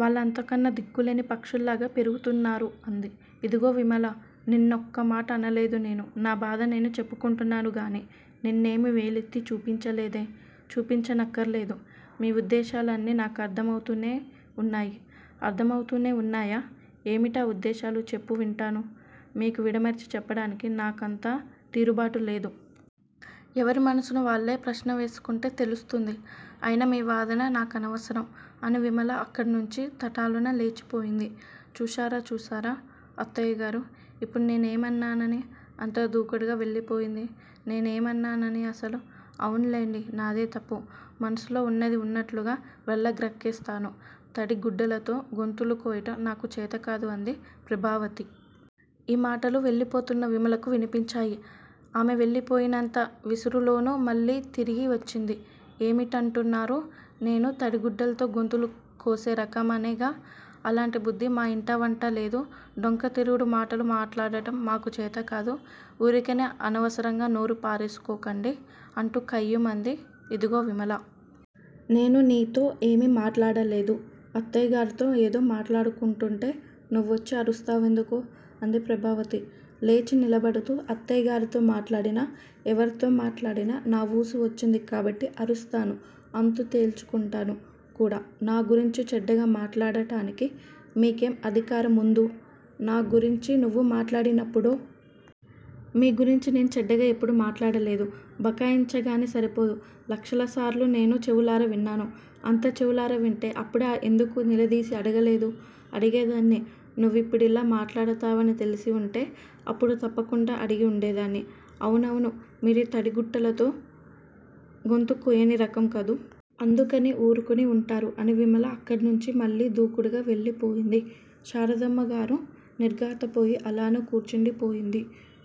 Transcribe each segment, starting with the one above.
వాళ్ళంతకన్నా దిక్కులేని పక్షుల్లాగా పెరుగుతున్నారు అంది. ఇదిగో విమలా, నిన్నొకమాట అనలేదు నేను. నా బాధ నేను చెప్పుకుంటున్నాను గానీ నిన్నేమీ వేలెత్తి చూపించలేదే? చూపించనక్కరలేదు. మీ ఉద్దేశాలన్నీ నాకర్ధమవుతూనే వున్నాయి. అర్ధమవుతూనే వున్నాయా? ఏమిటి ఆ ఉద్దేశాలు చెప్పు వింటాను? మీకు విడమరిచి చెప్పడానికి నాకంత తీరుబాటు లేదు. ఎవరి మనస్సును వాళ్ళే ప్రశ్నవేసుకుంటే తెలుస్తుంది. అయినా మీ వాదన నాకనవసరం అని విమల అక్కడ్నుంచి తటాలున లేచిపోయింది. చూశారా, చూశారా అత్తయ్యగారూ! ఇప్పుడు నేనేమన్నానని అంత దూకుడుగా వెళ్ళిపోయింది? నేనేమన్నానని అసలు? అవున్లెండి, నాదే తప్పు మనసులో వున్నది వున్నట్లుగా వెళ్ళగ్రక్కేస్తాను. తడి గుడ్డలతో గొంతులు కోయటం నాకు చేతకాదు అంది ప్రభావతి. ఈ మాటలు వెళ్ళిపోతున్న విమలకు వినిపించాయి. ఆమె వెళ్ళిపోయినంత విసురులోనూ మళ్ళీ తిరిగివచ్చింది. ఏమిటంటున్నారు? నేను తడిగుడ్డలతో గొంతులుకోసే రకమనేగా? అలాంటి బుద్ది మా ఇంటా వంటా లేదు. డొంకతిరుగుడు మాటలు మాట్లాడటం మాకు చేతకాదు. ఊరికినే అనవసరంగా నోరు పారేసుకోకండి అంటూ కయ్యిమంది. ఇదిగో విమలా! నేను నీతో ఏమీ మాట్లాడలేదు. అత్తయ్యగారితో ఏదో మాట్లాడుకుంటుంటే నువ్వొచ్చి అరుస్తావెందుకు? అంది ప్రభావతి లేచి నిలబడుతూ. అత్తయ్యగారితో మాట్లాడినా, ఎవరితో మాట్లాడినా నా ఊసు వచ్చింది కాబట్టి అరుస్తాను. అంతు తేల్చుకుంటాను కూడా నా గురించి చెడ్డగా మాట్లాడటానికి మీకేం అధికారముందు? నాగురించి నువ్వు మాట్లాడినప్పుడో. మీ గురించి నేను చెడ్డగా ఎప్పుడూ మాట్లాడలేదు. బుకాయించగానే సరికాదు. లక్షసార్లు నేను చెవులారా విన్నాను. అంత చెవులారా వింటే అప్పుడే ఎందుకు నిలదీసి అడగలేదు? అడిగేదాన్నే నువ్విప్పుడిలా మాట్లాడతావని తెలిసివుంటే అప్పుడు తప్పకుండా అడిగి వుండేదాన్ని. అవునవును మీరు తడిగుడ్డలతో గొంతు కొయ్యనిరకం కదూ? అందుకని ఊరుకుని వుంటారు అని విమల అక్కడ్నుంచి మళ్ళీ దూకుడుగా వెళ్ళిపోయింది. శారదమ్మగారు నిర్ఘాంతపోయి అలానే కూర్చుండిపోయింది.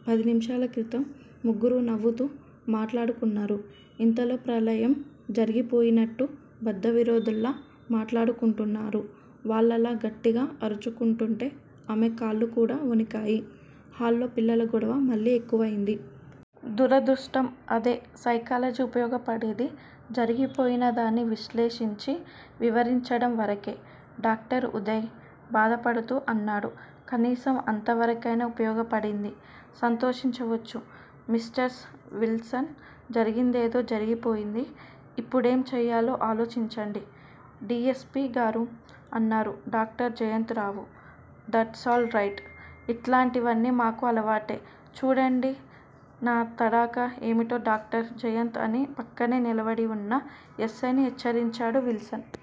పదినిముషాల క్రితం ముగ్గురూ నవ్వుతూ మాట్లాడుకున్నారు. ఇంతలో ప్రళయం జరిగిపోయినట్లు బద్ధవిరోధుల్లా మాట్లాడుకుంటున్నారు. వాళ్ళలా గట్టిగా అరుచుకుంటుంటే ఆమెకు కాళ్ళుకూడా వణికాయి. హాల్లో పిల్లల గొడవ మళ్ళీ ఎక్కువయింది. దురదృష్టం అదే సైకాలజీ ఉపయోగపడేది జరిగిపోయినదాన్ని విశ్లేషించి వివరించడంవరకే డాక్టర్ ఉదయ్ బాధపడుతూ అన్నాడు. కనీసం అంతవరకయినా ఉపయోగపడింది. సంతోషించవచ్చు. మిష్టర్స్ విల్సన్ జరిగిందేదో జరిగిపోయింది. ఇప్పుడేం చెయ్యాలో ఆలోచించండి డి. యస్. పి. గారూ? అన్నాడు doctor Jayant Rao. That's all right! ఇట్లాటివన్నీ మాకు అలవాటే చూడండి నాతడాఖా ఏమిటో డాక్టర్ జయంత్ అని పక్కనే నిలబడి వున్న యస్సైని హెచ్చరించాడు విల్సన్.